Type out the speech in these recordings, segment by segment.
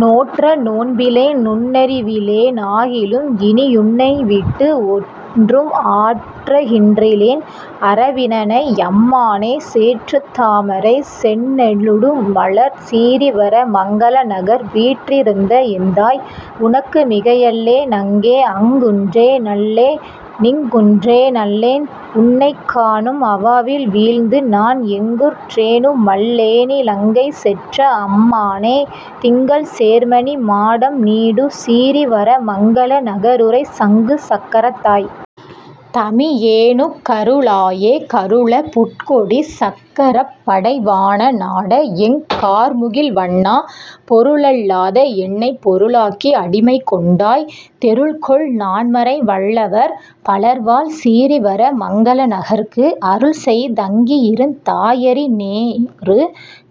நோற்ற நோன்பிலேன் நுண்ணறி விலேனாகிலும் இனி யுன்னைவிட்டு, ஒன்றும் ஆற்ற கின்றிலேன் அரவினணை யம்மானே, சேற்றுத் தாமரை செந்நெ லூடுமலர் சிரீவர மங்கலநகர், வீற்றிருந்த எந்தாய். உனக்கு மிகையல்லே னங்கே.. அங்குற்றே னல்லே னிங்குற்றே னல்லேன் உன்னைக் காணும் அவாவில் வீழ்ந்து, நான் எங்குற் றேனுமல் லேனிலங்கைசெற்ற அம்மானே, திங்கள் சேர்மணி மாடம் நீடு சிரீவர மங்கல நகருறை, சங்கு சக்கரத் தாய். தமி யேனுக் கருளாயே.. கருள புட்கொடி சக்க ரப்படை வான நாட. எங் கார்முகில் வண்ணா, பொருளல் லாத என்னைப் பொருளாக்கி அடிமை கொண்டாய், தெருள்கொள் நான்மறை வல்லவர் பலர்வாழ் சிரீவர மங்கலநகர்க்கு, அருள்செய்தங்கிருந் தாயறி யேனொரு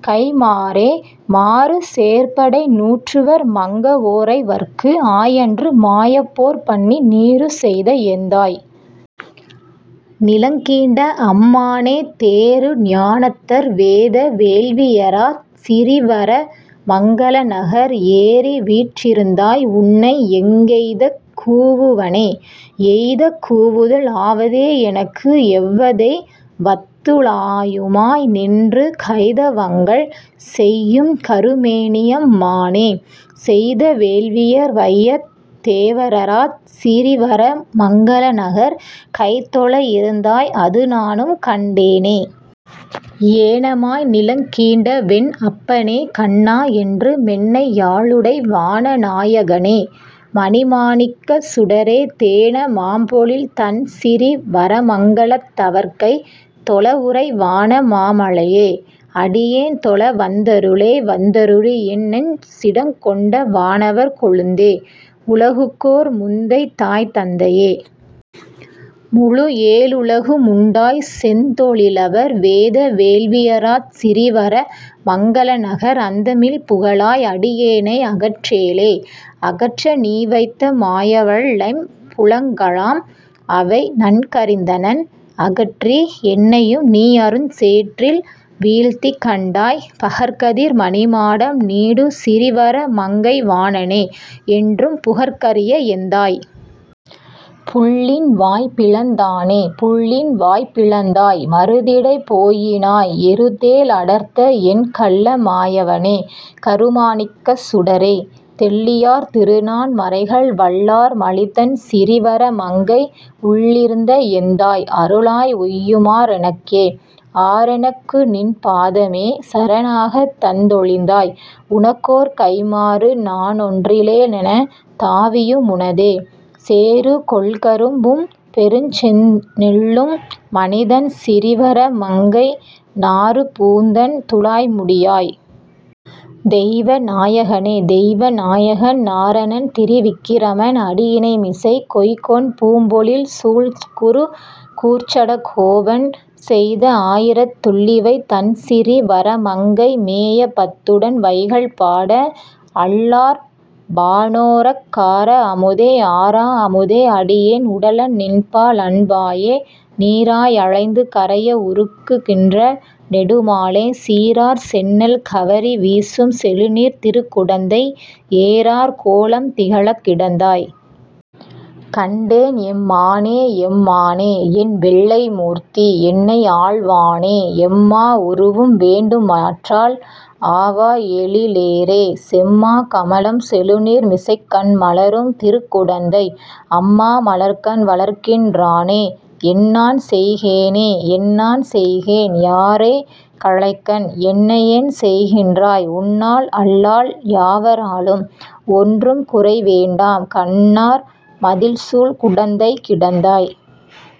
கைம்மாறே.. மாறு சேர்படை நூற்றுவர் மங்க வோரைவர்க்கு ஆயன்று மாயப்போர் பண்ணி, நீறு செய்த எந்தாய். நிலங்கீண்ட அம்மானே, தேறு ஞானத்தர் வேத வேள்வியறாச் சிரீவர மங்கலநகர், ஏறிவீற் றிருந்தாய். உன்னை எங்கெய்தக் கூவுவனே?. எய்தக் கூவுதல் ஆவதே எனக்கு? எவ்வதெய் வத்து ளாயுமாய் நின்று, கைத வங்கள்செய் யும்கரு மேனியம் மானே, செய்த வேள்வியர் வையத் தேவரறாச் சிரீவர மங்கலநகர், கைத்தொழ இருந்தாய் அதுநானும் கண்டேனே.. ஏன மாய்நிலங் கீண்டவென் அப்பனே. கண்ணா. என்று மென்னை யாளுடை, வானநா யகனே. மணிமா ணிக்கச் சுடரே, தேன மாம்பொழில் தண்சிரீ வரமங்கலத் தவர்க்கை தொழவுறை வான மாமலை யே. அடி யேன்தொழ வந்தருளே.. வந்தருளி யென்னெஞ் சிடங்கொண்ட வானவர் கொழுந்தே, உலகுக்கோர் முந்தைத் தாய்தந்தை யே. முழு ஏழுலகு முண்டாய், செந்தொ ழிலவர் வேத வேள்வியறாச் சிரீவர மங்கலநகர், அந்தமில் புகழாய். அடியேனை அகற்றேலே.. அகற்ற நீவைத்த மாயவல் லைம்புலங்களாம் அவை நன்கறிந்தனன், அகற்றி என்னையும் நீஅருஞ் சேற்றில் வீழ்த்தி கண்டாய், பகற்கதிர் மணிமாடம் நீடு சிரீவர மங்கை வாணனே, என்றும் புகற்கரிய எந்தாய். புள்ளின்வாய் பிளந்தானே.. புள்ளின்வாய் பிளந்தாய். மருதிடை போயினாய். எருதேழ் அடர்த்த, என் கள்ள மாயவனே. கருமாணிக்கச் சுடரே, தெள்ளியார் திருநான் மறைகள் வல்லார் மலிதண் சிரீவர மங்கை, உள்ளிருந்த எந்தாய். அருளாய் உய்யுமா றெனக்கே.. ஆறெ னக்குநின் பாதமே சரணாகத் தந்தொழிந்தாய், உனக் கோர் கைம் மாறு நானொன் றிலேனென தாவியு முனதே, சேரு கொள்கரும் பும்பெருஞ் செந்நெல்லும் மனிதண் சிரீவர மங்கை நாறு பூந்தண் துழாய்முடி யாய். தெய்வ நாயகனே. தெய்வ நாயகன் நாரணன் திரிவிக்கிரமன் அடியிணைமிசை, கொய்கொள் பூம்பொழில் சூழ்குரு கூர்ச்சட கோபன் செய்த ஆயிரத் துள்ளிவை தண்சிரீ வரமங்கை மேய பத்துடன், வைகல் பாட வல்லார் வானோர்ரக் காரா அமுதே. ஆரா அமுதே. அடியேன் உடலம் நின்பால் அன்பாயே, நீராய் அலைந்து கரைய வுருக்குகின்ற நெடுமாலே, சீரார் செந்நெல் கவரி வீசும் செழுநீர்க் திருகுடந்தை, ஏரார் கோலம் திகழக் கிடந்தாய். கண்டேன் எம்மானே.. எம்மா னே. என் வெள்ளை மூர்த்தி. என்னை ஆள்வானே, எம்மா வுருவும் வேண்டு மாற்றால் ஆவாய் எழிலேறே, செம்மா கமலம் செழுநீர் மிசைக்கண்மலரும் திருக்குடந்தை, அம்மா மலர்க்கண் வளர்கின் றானே. என்நான் செய்கேனே.. என்நான் செய்கேன். யாரே களைகண்? என்னையென் செய்கின்றாய்? உன்னால் அல்லால் யாவ ராலும் ஒன்றும் குறைவேண்டாம் கன்னார் மதிள்சூழ் குடந்தைக் கிடந்தாய்.